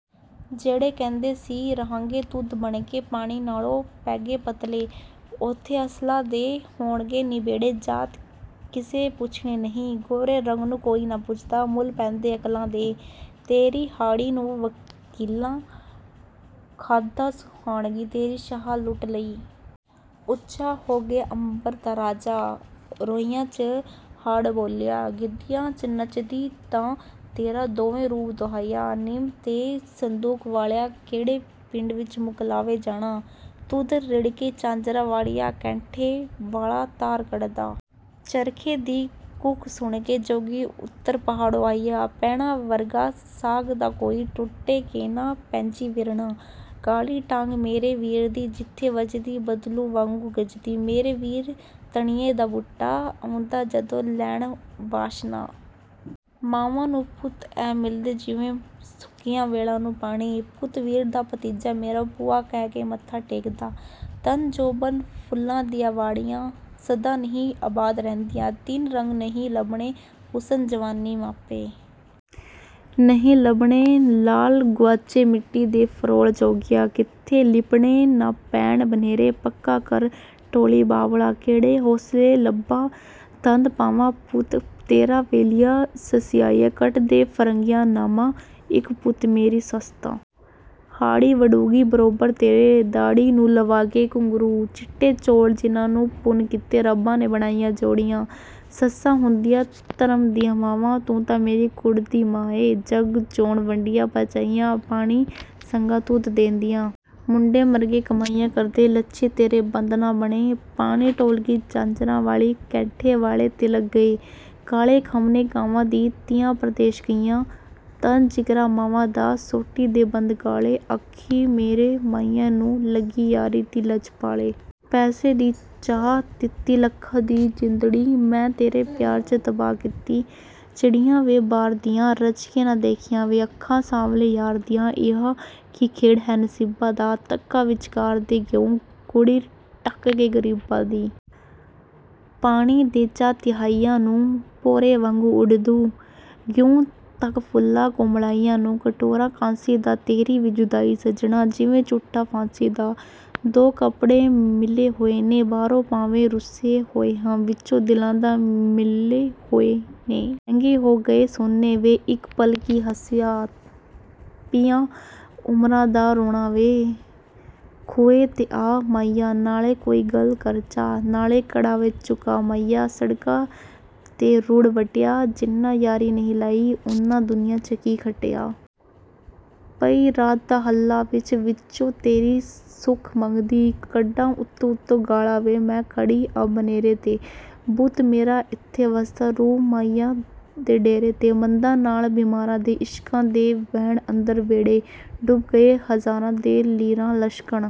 ਜਿਹੜੇ ਕਹਿੰਦੇ ਸੀ ਰਹਾਂਗੇ ਦੁੱਧ ਬਣ ਕੇ, ਪਾਣੀ ਨਾਲੋਂ ਪੈਗੇ ਪਤਲੇ। ਉੱਥੇ ਅਸਲਾਂ ਦੇ ਹੋਣਗੇ ਨਿਬੇੜੇ, ਜਾਤ ਕਿਸੇ ਪੁੱਛਣੀ ਨਹੀਂ। ਗੋਰੇ ਰੰਗ ਨੂੰ ਕੋਈ ਨਾ ਪੁੱਛਦਾ, ਮੁੱਲ ਪੈਂਦੇ ਅਕਲਾਂ ਦੇ। ਤੇਰੀ ਹਾੜ੍ਹੀ ਨੂੰ ਵਕੀਲਾਂ ਖਾਧਾ, ਸਾਉਣੀ ਤੇਰੀ ਸ਼ਾਹਾਂ ਲੁੱਟ ਲਈ। ਉੱਚਾ ਹੋ ਗਿਆ ਅੰਬਰ ਦਾ ਰਾਜਾ, ਰੋਹੀਆਂ 'ਚ ਹਾਅੜ ਬੋਲਿਆ। ਗਿੱਧਿਆਂ 'ਚ ਨੱਚਦੀ ਦਾ, ਤੇਰਾ ਦੇਵੇ ਰੂਪ ਦੁਹਾਈਆਂ। ਨਿੰਮ ਦੇ ਸੰਦੂਖ ਵਾਲੀਏ, ਕਿਹੜੇ ਪਿੰਡ ਮੁਕਲਾਵੇ ਜਾਣਾ? ਦੁੱਧ ਰਿੜਕੇ ਝਾਂਜਰਾਂ ਵਾਲੀ, ਕੈਂਠੇ ਵਾਲਾ ਧਾਰ ਕੱਢਦਾ। ਚਰਖੇ ਦੀ ਘੂਕ ਸੁਣ ਕੇ, ਜੋਗੀ ਉੱਤਰ ਪਹਾੜੋਂ ਆਇਆ। ਭੈਣਾਂ ਵਰਗਾ ਸਾਕ ਨਾ ਕੋਈ, ਟੁੱਟ ਕੇ ਨਾ ਬਹਿਜੀਂ ਵੀਰਨਾ। ਕਾਲੀ ਡਾਂਗ ਮੇਰੇ ਵੀਰ ਦੀ, ਜਿੱਥੇ ਵੱਜਦੀ ਬੱਦਲ ਵਾਂਗੂੰ ਗੱਜਦੀ। ਮੇਰਾ ਵੀਰ ਧਣੀਏ ਦਾ ਬੂਟਾ, ਆਉਂਦੇ ਜਾਂਦੇ ਲੈਣ ਵਾਸ਼ਨਾ। ਮਾਂਵਾਂ ਨੂੰ ਪੁੱਤ ਐਂ ਮਿਲਦੇ, ਜਿਉਂ ਸੁੱਕੀਆਂ ਵੇਲਾਂ ਨੂੰ ਪਾਣੀ। ਪੁੱਤ ਵੀਰ ਦਾ, ਭਤੀਜਾ ਮੇਰਾ, ਭੂਆ ਕਹਿ ਕੇ ਮੱਥਾ ਟੇਕਦਾ। ਧਨ, ਜੋਬਨ, ਫੁੱਲਾਂ ਦੀਆਂ ਵਾੜੀਆਂ, ਸਦਾ ਨਹੀਂ ਅਬਾਦ ਰਹਿਣੀਆਂ। ਤਿੰਨ ਰੰਗ ਨਹੀਂਉਂ ਲੱਭਣੇ—ਹੁਸਨ, ਜੁਆਨੀ, ਮਾਪੇ। ਨਹੀਂਉਂ ਲੱਭਣੇ ਲਾਲ ਗੁਆਚੇ, ਮਿੱਟੀ ਨਾ ਫਰੋਲ ਜੋਗੀਆ। ਕਿਤੇ ਲਿੱਪਣੇ ਨਾ ਪੈਣ ਬਨੇਰੇ, ਪੱਕਾ-ਘਰ ਟੋਲੀਂ ਬਾਬਲਾ। ਕਿਹੜੇ ਹੌਸਲੇ ਲੰਬਾ ਤੰਦ ਪਾਵਾਂ, ਪੁੱਤ ਤੇਰਾ ਵੈਲੀ ਸੱਸੀਏ। ਕੱਟ ਦੇ ਫਰੰਗੀਆਂ ਨਾਮਾ, ਇੱਕੋ ਪੁੱਤ ਮੇਰੀ ਸੱਸ ਦਾ। ਹਾੜ੍ਹੀ ਵਢੂੰਗੀ ਬਰੋਬਰ ਤੇਰੇ, ਦਾਤੀ ਨੂੰ ਲਵਾ ਦੇ ਘੁੰਗਰੂ। ਚਿੱਟੇ ਚੌਲ, ਜਿਨ੍ਹਾਂ ਨੇ ਪੁੰਨ ਕੀਤੇ, ਰੱਬ ਨੇ ਬਣਾਈਆਂ ਜੋੜੀਆਂ। ਸੱਸਾਂ ਹੁੰਦੀਆਂ ਧਰਮ ਦੀਆਂ ਮਾਵਾਂ, ਤੂੰ ਤਾਂ ਮੇਰੀ ਕੂੜ ਦੀ ਮਾਂ ਏਂ। ਜੱਗ ਜੀਉਣ ਵੱਡੀਆਂ ਭਰਜਾਈਆਂ, ਪਾਣੀ ਮੰਗਾਂ ਦੁੱਧ ਦੇਂਦੀਆਂ। ਮੁੰਡੇ ਮਰਗੇ ਕਮਾਈਆਂ ਕਰਦੇ, ਲੱਛੀ ਤੇਰੇ ਬੰਦ ਨਾ ਬਣੇ। ਪਾਣੀ ਡੋਲ੍ਹਗੀ ਝਾਂਜਰਾਂ ਵਾਲੀ, ਕੈਂਠੇ ਵਾਲਾ ਤਿਲ੍ਹਕ ਗਿਆ। ਕਾਲੇ ਖੰਭ ਨੇ ਕਾਵਾਂ ਦੇ, ਧੀਆਂ ਪ੍ਰਦੇਸ ਗਈਆਂ, ਧੰਨ ਜਿਗਰੇ ਮਾਵਾਂ ਦੇ। ਸੋਟੀ ਦੇ ਬੰਦ ਕਾਲੇ, ਆਖੀਂ ਮੇਰੇ ਮਾਹੀਏ ਨੂੰ, ਲੱਗੀ ਯਾਰੀ ਦੀ ਲੱਜ ਪਾਲੇ। ਪੈਸੇ ਦੀ ਚਾਹ ਪੀਤੀ, ਲੱਖਾਂ ਦੀ ਜਿੰਦੜੀ ਮੈਂ ਤੇਰੇ ਪਿਆਰ 'ਚ ਤਬਾਹ ਕੀਤੀ। ਚਿੜੀਆਂ ਵੇ ਬਾਰ ਦੀਆਂ, ਰੱਜ ਕੇ ਨਾ ਦੇਖੀਆਂ ਵੇ, ਅੱਖਾਂ ਸਾਂਵਲੇ ਯਾਰ ਦੀਆਂ। ਇਹ ਕੀ ਖੇਡ ਹੈ ਨਸੀਬਾਂ ਦੀ, ਧੱਕਾ ਵਿਚਕਾਰ ਦੇ ਗਿਉਂ, ਕੁੜੀ ਤੱਕ ਕੇ ਗ਼ਰੀਬਾਂ ਦੀ। ਪਾਣੀ ਦੇ ਜਾ ਤਿਹਾਇਆਂ ਨੂੰ, ਭੌਰੇ ਵਾਂਗ ਉੱਡ ਤੂੰ ਗਿਉਂ, ਤੱਕ ਫੁੱਲ ਕੁਮਲਾਇਆਂ ਨੂੰ। ਕਟੋਰਾ ਕਾਂਸੀ ਦਾ, ਤੇਰੀ ਵੇ ਜੁਦਾਈ ਸੱਜਣਾ, ਜਿਵੇਂ ਝੂਟਾ ਫਾਂਸੀ ਦਾ। ਦੋ ਕਪੜੇ ਸਿਲੇ ਹੋਏ ਨੇ, ਬਾਹਰੋਂ ਭਾਵੇਂ ਰੁੱਸੇ ਹੋਏ ਹਾਂ, ਵਿਚੋਂ ਦਿਲ ਤਾਂ ਮਿਲੇ ਹੋਏ ਨੇ। ਮਹਿੰਗਾ ਹੋ ਗਿਆ ਸੋਨਾ ਵੇ, ਇਕ ਪਲ ਕੀ ਹੱਸਿਆ, ਪਿਆ ਉਮਰਾਂ ਦਾ ਰੋਣਾ ਵੇ। ਖੂਹੇ ਤੇ ਆ ਮਾਹੀਆ, ਨਾਲੇ ਕੋਈ ਗੱਲ ਕਰ ਜਾ, ਨਾਲੇ ਘੜਾ ਵੇ ਚੁਕਾ ਮਾਹੀਆ। ਸੜਕੇ ਤੇ ਰੁੜ੍ਹ ਵੱਟਿਆ, ਜਿਨ੍ਹਾਂ ਯਾਰੀ ਨਹੀਂ ਲਾਈ, ਉਨ੍ਹਾਂ ਦੁਨੀਆਂ 'ਚ ਕੀ ਖੱਟਿਆ? ਪਈ ਰਾਤ ਨਾ ਹਾਲਾਂ ਵੇ, ਵਿੱਚੋਂ ਤੇਰੀ ਸੁਖ ਮੰਗਦੀ, ਕੱਢਾਂ ਉਤੋਂ-ਉਤੋਂ ਗਾਲਾਂ ਵੇ। ਮੈਂ ਖੜੀ ਆਂ ਬਨੇਰੇ 'ਤੇ, ਬੁੱਤ ਮੇਰਾ ਏਥੇ ਵਸਦਾ, ਰੂਹ ਮਾਹੀਏ ਦੇ ਡੇਰੇ 'ਤੇ। ਮੰਦੇ ਹਾਲ ਬੀਮਾਰਾਂ ਦੇ, ਇਸ਼ਕੇ ਦੇ ਵਹਿਣ ਅੰਦਰ, ਬੇੜੇ ਡੁੱਬ ਗਏ ਹਜ਼ਾਰਾਂ ਦੇ। ਲੀਰਾਂ ਲਮਕਣ।